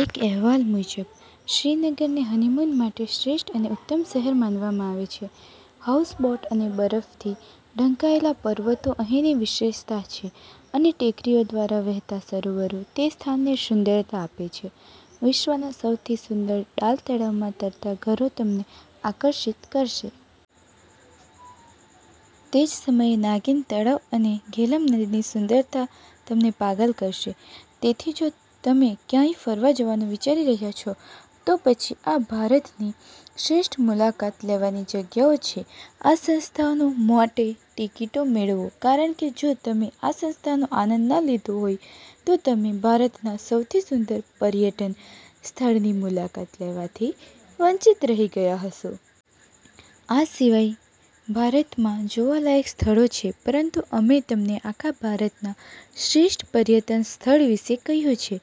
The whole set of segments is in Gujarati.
એક અહેવાલ મુજબ, શ્રીનગરને હનીમૂન માટે શ્રેષ્ઠ અને ઉત્તમ શહેર માનવામાં આવે છે. હાઉસબોટ અને બરફથી ઢંકાયેલ પર્વતો અહીંની વિશેષતા છે અને ટેકરીઓ દ્વારા વહેતા સરોવરો તે સ્થાનને સુંદરતા આપે છે. વિશ્વના સૌથી સુંદર ડાલ તળાવમાં તરતા ઘરો તમને આકર્ષિત કરશે. તે જ સમયે, નાગિન તળાવ અને ધેલમ નદીની સુંદરતા તમને પાગલ કરશે. તેથી જો તમે ક્યાંક ફરવા જવાનું વિચારી રહ્યા છો, તો પછી આ ભારતની શ્રેષ્ઠ મુલાકાત લેવાની જગ્યાઓ છે – આ સ્થાનો માટે ટિકિટ મેળવો કારણ કે, જો તમે આ સ્થાનોનો આનંદ ન લીધો હોય તો તમે ભારતના સૌથી સુંદર પર્યટન સ્થળની મુલાકાત લેવાથી વંચિત રહી ગયા હશો. આ સિવાય ભારતમાં જોવાલાયક સ્થળો છે. પરંતુ અમે તમને આખા ભારતના શ્રેષ્ઠ પર્યટન સ્થળ વિશે કહ્યું છે,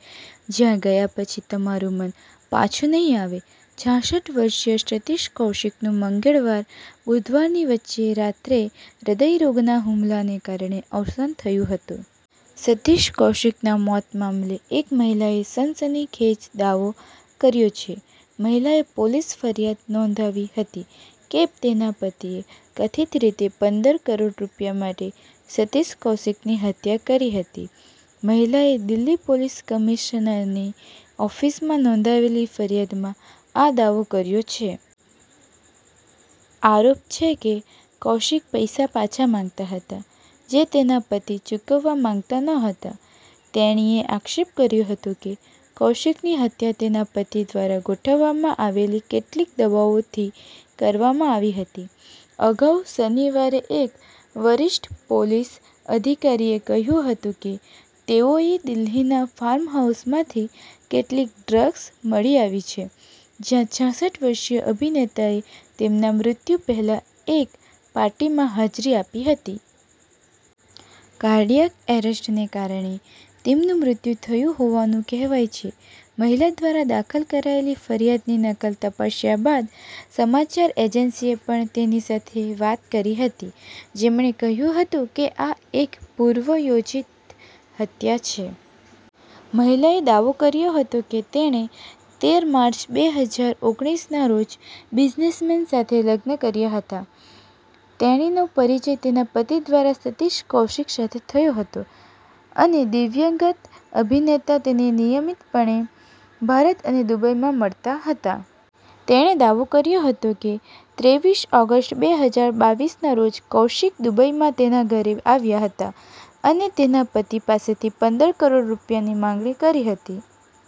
જ્યાં ગયા પછી તમારું મન પાછું નહીં આવે. છાસઠ વર્ષીય સતીશ કૌશિકનું મંગળવાર-બુધવારની વચ્ચેની રાત્રે હૃદયરોગના હુમલાને કારણે અવસાન થયું હતું. સતીશ કૌશિકના મોત મામલે એક મહિલાએ સનસનીખેજ દાવો કર્યો છે. મહિલાએ પોલીસ ફરિયાદ નોંધાવી હતી કે તેના પતિએ કથિત રીતે પંદર કરોડ રૂપિયા માટે સતીશ કૌશિકની હત્યા કરી હતી. મહિલાએ દિલ્હી પોલીસ કમિશનરની ઓફિસમાં નોંધાવેલી ફરિયાદમાં આ દાવો કર્યો છે. આરોપ છે કે કૌશિક પૈસા પાછા માંગતા હતા, જે તેના પતિ ચૂકવવા માંગતા ન હતા. તેણીએ આક્ષેપ કર્યો હતો કે, કૌશિકની હત્યા તેના પતિ દ્વારા ગોઠવવામાં આવેલી કેટલીક દવાઓથી કરવામાં આવી હતી. અગાઉ શનિવારે, એક વરિષ્ઠ પોલીસ અધિકારીએ કહ્યું હતું કે, તેઓએ દિલ્હીના ફાર્મહાઉસમાંથી કેટલીક 'ડ્રગ્સ' મળી આવી છે, જ્યાં છાસઠ વર્ષીય અભિનેતાએ તેમના મૃત્યુ પહેલાં એક પાર્ટીમાં હાજરી આપી હતી. કાર્ડિયાક અરેસ્ટને કારણે તેમનું મૃત્યુ થયું હોવાનું કહેવાય છે. મહિલા દ્વારા દાખલ કરાયેલી ફરિયાદની નકલ તપાસ્યા બાદ સમાચાર એજન્સી એ પણ તેની સાથે વાત કરી હતી, જેમણે કહ્યું હતું કે આ એક પૂર્વયોજિત હત્યા છે. મહિલાએ દાવો કર્યો હતો કે, તેણે તેર માર્ચ બે હજાર ઓગણીસ ના રોજ બિઝનેસમેન સાથે લગ્ન કર્યા હતા. તેણીનો પરિચય તેના પતિ દ્વારા સતીશ કૌશિક સાથે થયો હતો અને દિવંગત અભિનેતા તેને નિયમિતપણે ભારત અને દુબઈમાં મળતા હતા. તેણે દાવો કર્યો હતો કે, ત્રેવીસ ઓગસ્ટ બે હજાર બાવીસના રોજ કૌશિક દુબઈમાં તેના ઘરે આવ્યા હતા અને તેના પતિ પાસેથી પંદર કરોડ રૂપિયાની માંગણી કરી હતી.